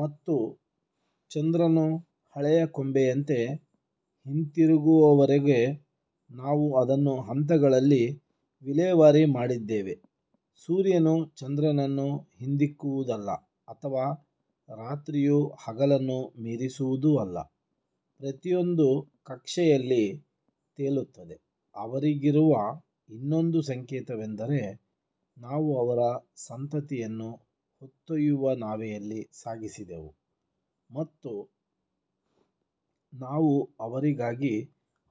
ಮತ್ತು ಚಂದ್ರನು ಹಳೆಯ ಕೊಂಬೆಯಂತೆ ಹಿಂತಿರುಗುವವರೆಗೆ ನಾವು ಅದನ್ನು ಹಂತಗಳಲ್ಲಿ ವಿಲೇವಾರಿ ಮಾಡಿದ್ದೇವೆ ಸೂರ್ಯನು ಚಂದ್ರನನ್ನು ಹಿಂದಿಕ್ಕುವುದಲ್ಲ ಅಥವಾ ರಾತ್ರಿಯು ಹಗಲನ್ನು ಮೀರಿಸುವುದು ಅಲ್ಲ, ಪ್ರತಿಯೊಂದೂ ಕಕ್ಷೆಯಲ್ಲಿ ತೇಲುತ್ತದೆ ಅವರಿಗಿರುವ ಇನ್ನೊಂದು ಸಂಕೇತವೆಂದರೆ ನಾವು ಅವರ ಸಂತತಿಯನ್ನು ಹೊತ್ತೊಯ್ಯುವ ನಾವೆಯಲ್ಲಿ ಸಾಗಿಸಿದೆವು ಮತ್ತು ನಾವು ಅವರಿಗಾಗಿ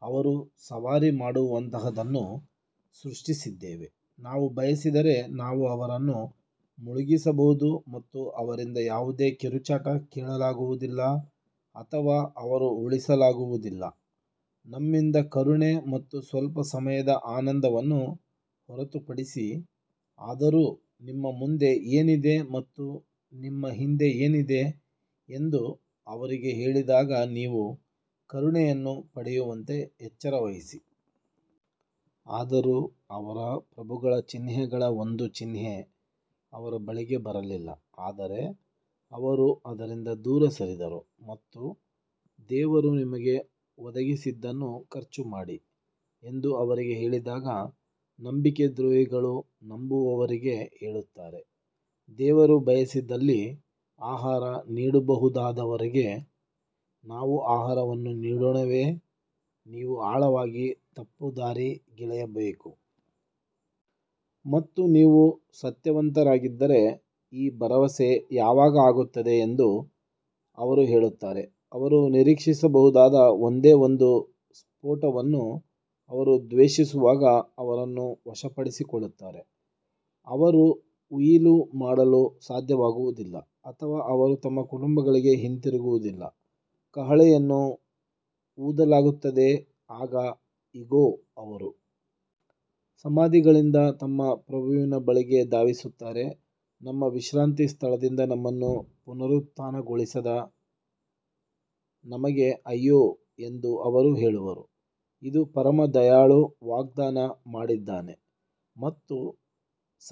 ಅವರು ಸವಾರಿ ಮಾಡುವಂತಹದನ್ನು ಸೃಷ್ಟಿಸಿದ್ದೇವೆ ನಾವು ಬಯಸಿದರೆ, ನಾವು ಅವರನ್ನು ಮುಳುಗಿಸಬಹುದು ಮತ್ತು ಅವರಿಂದ ಯಾವುದೇ ಕಿರುಚಾಟ ಕೇಳಲಾಗುವುದಿಲ್ಲ ಅಥವಾ ಅವರು ಉಳಿಸಲಾಗುವುದಿಲ್ಲ ನಮ್ಮಿಂದ ಕರುಣೆ ಮತ್ತು ಸ್ವಲ್ಪ ಸಮಯದ ಆನಂದವನ್ನು ಹೊರತುಪಡಿಸಿ ಆದರೂ ನಿಮ್ಮ ಮುಂದೆ ಏನಿದೆ ಮತ್ತು ನಿಮ್ಮ ಹಿಂದೆ ಏನಿದೆ ಎಂದು ಅವರಿಗೆ ಹೇಳಿದಾಗ ನೀವು ಕರುಣೆಯನ್ನು ಪಡೆಯುವಂತೆ ಎಚ್ಚರವಹಿಸಿ. ಆದರೂ ಅವರ ಪ್ರಭುಗಳ ಚಿಹ್ನೆಗಳ ಒಂದು ಚಿಹ್ನೆ ಅವರ ಬಳಿಗೆ ಬರಲಿಲ್ಲ ಆದರೆ ಅವರು ಅದರಿಂದ ದೂರ ಸರಿದರು ಮತ್ತು ದೇವರು ನಿಮಗೆ ಒದಗಿಸಿದ್ದನ್ನು ಖರ್ಚು ಮಾಡಿ ಎಂದು ಅವರಿಗೆ ಹೇಳಿದಾಗ ನಂಬಿಕೆ ದ್ರೋಹಿಗಳು ನಂಬುವವರಿಗೆ ಹೇಳುತ್ತಾರೆ, ದೇವರು ಬಯಸಿದಲ್ಲಿ ಆಹಾರ ನೀಡಬಹುದಾದವರಿಗೆ ನಾವು ಆಹಾರವನ್ನು ನೀಡೋಣವೇ ನೀವು ಆಳವಾಗಿ ತಪ್ಪುದಾರಿಗೆಳೆಯಬೇಕು. ಮತ್ತು ನೀವು ಸತ್ಯವಂತರಾಗಿದ್ದರೆ ಈ ಭರವಸೆ ಯಾವಾಗ ಆಗುತ್ತದೆ ಎಂದು ಅವರು ಹೇಳುತ್ತಾರೆ ಅವರು ನಿರೀಕ್ಷಿಸಬಹುದಾದ ಒಂದೇ ಒಂದು ಸ್ಫೋಟವನ್ನು ಅವರು ದ್ವೇಷಿಸುವಾಗ ಅವರನ್ನು ವಶಪಡಿಸಿಕೊಳ್ಳುತ್ತಾರೆ ಅವರು ಉಯಿಲು ಮಾಡಲು ಸಾಧ್ಯವಾಗುವುದಿಲ್ಲ ಅಥವಾ ಅವರು ತಮ್ಮ ಕುಟುಂಬಗಳಿಗೆ ಹಿಂತಿರುಗುವುದಿಲ್ಲ ಕಹಳೆಯನ್ನು ಊದಲಾಗುತ್ತದೆ ಆಗ ಇಗೋ ಅವರು ಸಮಾಧಿಗಳಿಂದ ತಮ್ಮ ಪ್ರಭುವಿನ ಬಳಿಗೆ ಧಾವಿಸುತ್ತಾರೆ ನಮ್ಮ ವಿಶ್ರಾಂತಿ ಸ್ಥಳದಿಂದ ನಮ್ಮನ್ನು ಪುನರುತ್ಥಾನಗೊಳಿಸಿದ ನಮಗೆ ಅಯ್ಯೋ ಎಂದು ಅವರು ಹೇಳುವರು, ಇದು ಪರಮ ದಯಾಳು ವಾಗ್ದಾನ ಮಾಡಿದ್ದಾನೆ ಮತ್ತು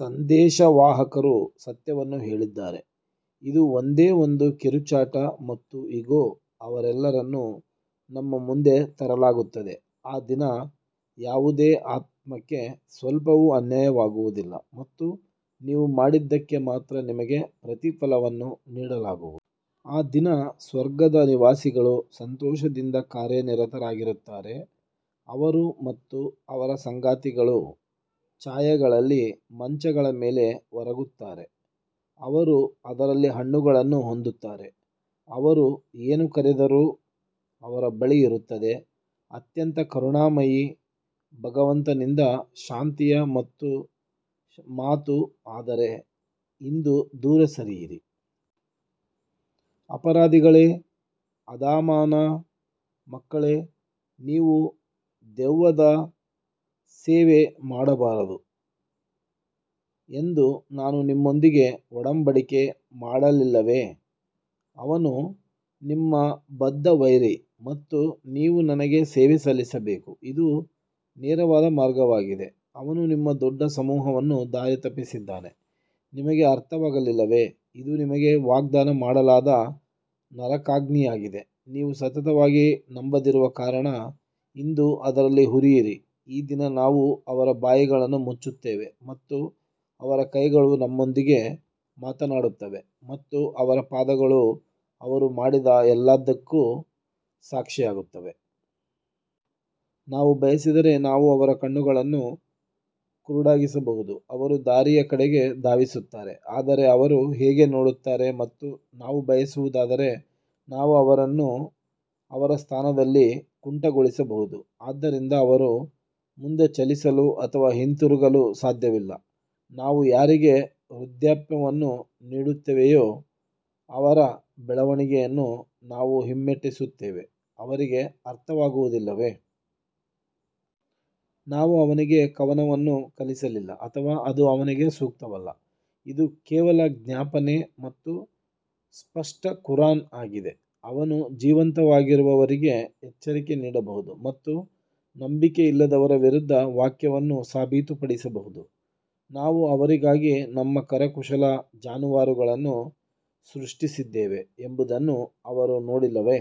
ಸಂದೇಶವಾಹಕರು ಸತ್ಯವನ್ನು ಹೇಳಿದ್ದಾರೆ ಇದು ಒಂದೇ ಒಂದು ಕಿರುಚಾಟ ಮತ್ತು ಇಗೋ ಅವರೆಲ್ಲರನ್ನೂ ನಮ್ಮ ಮುಂದೆ ತರಲಾಗುತ್ತದೆ ಆ ದಿನ ಯಾವುದೇ ಆತ್ಮಕ್ಕೆ ಸ್ವಲ್ಪವೂ ಅನ್ಯಾಯವಾಗುವುದಿಲ್ಲ ಮತ್ತು ನೀವು ಮಾಡಿದ್ದಕ್ಕೆ ಮಾತ್ರ ನಿಮಗೆ ಪ್ರತಿಫಲವನ್ನು ನೀಡಲಾಗುವುದು. ಆ ದಿನ ಸ್ವರ್ಗದ ನಿವಾಸಿಗಳು ಸಂತೋಷದಿಂದ ಕಾರ್ಯನಿರತರಾಗಿರುತ್ತಾರೆ ಅವರು ಮತ್ತು ಅವರ ಸಂಗಾತಿಗಳು ಛಾಯೆಗಳಲ್ಲಿ ಮಂಚಗಳ ಮೇಲೆ ಒರಗುತ್ತಾರೆ ಅವರು ಅದರಲ್ಲಿ ಹಣ್ಣುಗಳನ್ನು ಹೊಂದುತ್ತಾರೆ, ಅವರು ಏನು ಕರೆದರೂ ಅವರ ಬಳಿ ಇರುತ್ತದೆ ಅತ್ಯಂತ ಕರುಣಾಮಯಿ ಭಗವಂತನಿಂದ ಶಾಂತಿಯ ಮಾತು ಆದರೆ ಇಂದು ದೂರ ಸರಿಯಿರಿ ಅಪರಾಧಿಗಳೇ ಆದಾಮನ ಮಕ್ಕಳೇ, ನೀವು ದೆವ್ವದ ಸೇವೆ ಮಾಡಬಾರದು ಎಂದು ನಾನು ನಿಮ್ಮೊಂದಿಗೆ ಒಡಂಬಡಿಕೆ ಮಾಡಲಿಲ್ಲವೇ, ಅವನು ನಿಮ್ಮ ಬದ್ಧ ವೈರಿ ಮತ್ತು ನೀವು ನನಗೆ ಸೇವೆ ಸಲ್ಲಿಸಬೇಕು ಇದು ನೇರವಾದ ಮಾರ್ಗವಾಗಿದೆ ಅವನು ನಿಮ್ಮ ದೊಡ್ಡ ಸಮೂಹವನ್ನು ದಾರಿತಪ್ಪಿಸಿದ್ದಾನೆ ನಿಮಗೆ ಅರ್ಥವಾಗಲಿಲ್ಲವೇ ಇದು ನಿಮಗೆ ವಾಗ್ದಾನ ಮಾಡಲಾದ ನರಕಾಗ್ನಿಯಾಗಿದೆ ನೀವು ಸತತವಾಗಿ ನಂಬದಿರುವ ಕಾರಣ ಇಂದು ಅದರಲ್ಲಿ ಹುರಿಯಿರಿ ಈ ದಿನ ನಾವು ಅವರ ಬಾಯಿಗಳನ್ನು ಮುಚ್ಚುತ್ತೇವೆ ಮತ್ತು ಅವರ ಕೈಗಳು ನಮ್ಮೊಂದಿಗೆ ಮಾತನಾಡುತ್ತವೆ ಮತ್ತು ಅವರ ಪಾದಗಳು ಅವರು ಮಾಡಿದ ಎಲ್ಲದಕ್ಕೂ ಸಾಕ್ಷಿಯಾಗುತ್ತವೆ. ನಾವು ಬಯಸಿದರೆ ನಾವು ಅವರ ಕಣ್ಣುಗಳನ್ನು ಕುರುಡಾಗಿಸಬಹುದು ಅವರು ದಾರಿಯ ಕಡೆಗೆ ಧಾವಿಸುತ್ತಾರೆ ಆದರೆ ಅವರು ಹೇಗೆ ನೋಡುತ್ತಾರೆ ಮತ್ತು ನಾವು ಬಯಸುವುದಾದರೆ ನಾವು ಅವರನ್ನು ಅವರ ಸ್ಥಾನದಲ್ಲಿ ಕುಂಟಗೊಳಿಸಬಹುದು, ಆದ್ದರಿಂದ ಅವರು ಮುಂದೆ ಚಲಿಸಲು ಅಥವಾ ಹಿಂತಿರುಗಲು ಸಾಧ್ಯವಿಲ್ಲ ನಾವು ಯಾರಿಗೆ ವೃದ್ಧಾಪ್ಯವನ್ನು ನೀಡುತ್ತೇವೆಯೋ ಅವರ ಬೆಳವಣಿಗೆಯನ್ನು ನಾವು ಹಿಮ್ಮೆಟ್ಟಿಸುತ್ತೇವೆ ಅವರಿಗೆ ಅರ್ಥವಾಗುವುದಿಲ್ಲವೇ? ನಾವು ಅವನಿಗೆ ಕವನವನ್ನು ಕಲಿಸಲಿಲ್ಲ ಅಥವಾ ಅದು ಅವನಿಗೆ ಸೂಕ್ತವಲ್ಲ, ಇದು ಕೇವಲ ಜ್ಞಾಪನೆ ಮತ್ತು ಸ್ಪಷ್ಟ ಕುರಾನ್ ಆಗಿದೆ ಅವನು ಜೀವಂತವಾಗಿರುವವರಿಗೆ ಎಚ್ಚರಿಕೆ ನೀಡಬಹುದು ಮತ್ತು ನಂಬಿಕೆಯಿಲ್ಲದವರ ವಿರುದ್ಧ ವಾಕ್ಯವನ್ನು ಸಾಬೀತುಪಡಿಸಬಹುದು ನಾವು ಅವರಿಗಾಗಿ ನಮ್ಮ ಕರಕುಶಲ ಜಾನುವಾರುಗಳನ್ನು ಸೃಷ್ಟಿಸಿದ್ದೇವೆ ಎಂಬುದನ್ನು ಅವರು ನೋಡಿಲ್ಲವೇ?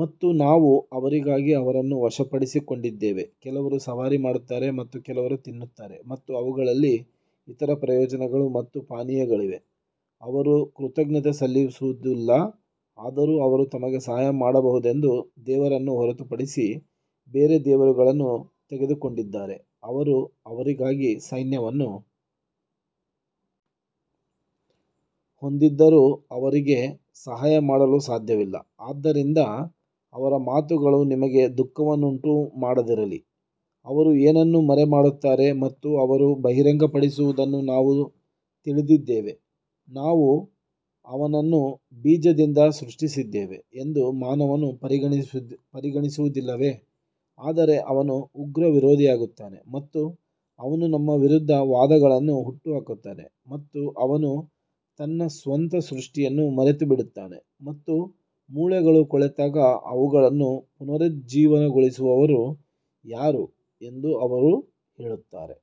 ಮತ್ತು ನಾವು ಅವರಿಗಾಗಿ ಅವರನ್ನು ವಶಪಡಿಸಿಕೊಂಡಿದ್ದೇವೆ, ಕೆಲವರು ಸವಾರಿ ಮಾಡುತ್ತಾರೆ ಮತ್ತು ಕೆಲವರು ತಿನ್ನುತ್ತಾರೆ ಮತ್ತು ಅವುಗಳಲ್ಲಿ ಇತರ ಪ್ರಯೋಜನಗಳು ಮತ್ತು ಪಾನೀಯಗಳಿವೆ, ಅವರು ಕೃತಜ್ಞತೆ ಸಲ್ಲಿಸುವುದಿಲ್ಲ ಆದರೂ ಅವರು ತಮಗೆ ಸಹಾಯ ಮಾಡಬಹುದೆಂದು ದೇವರನ್ನು ಹೊರತುಪಡಿಸಿ ಬೇರೆ ದೇವರುಗಳನ್ನು ತೆಗೆದುಕೊಂಡಿದ್ದಾರೆ ಅವರು ಅವರಿಗಾಗಿ ಸೈನ್ಯವನ್ನು ಹೊಂದಿದ್ದರೂ ಅವರಿಗೆ ಸಹಾಯ ಮಾಡಲು ಸಾಧ್ಯವಿಲ್ಲ ಆದ್ದರಿಂದ ಅವರ ಮಾತುಗಳು ನಿಮಗೆ ದುಃಖವನ್ನುಂಟು ಮಾಡದಿರಲಿ, ಅವರು ಏನನ್ನು ಮರೆಮಾಡುತ್ತಾರೆ ಮತ್ತು ಅವರು ಬಹಿರಂಗಪಡಿಸುವುದನ್ನು ನಾವು ತಿಳಿದಿದ್ದೇವೆ ನಾವು ಅವನನ್ನು ಬೀಜದಿಂದ ಸೃಷ್ಟಿಸಿದ್ದೇವೆ ಎಂದು ಮಾನವನು ಪರಿಗಣಿಸುವುದಿಲ್ಲವೇ ಆದರೆ ಅವನು ಉಗ್ರ ವಿರೋಧಿಯಾಗುತ್ತಾನೆ ಮತ್ತು ಅವನು ನಮ್ಮ ವಿರುದ್ಧ ವಾದಗಳನ್ನು ಹುಟ್ಟುಹಾಕುತ್ತಾನೆ ಮತ್ತು ಅವನು ತನ್ನ ಸ್ವಂತ ಸೃಷ್ಟಿಯನ್ನು ಮರೆತುಬಿಡುತ್ತಾನೆ ಮತ್ತು ಮೂಳೆಗಳು ಕೊಳೆತಾಗ ಅವುಗಳನ್ನು ಪುನರುಜ್ಜೀವನಗೊಳಿಸುವವರು ಯಾರು ಎಂದು ಅವರು ಹೇಳುತ್ತಾರೆ.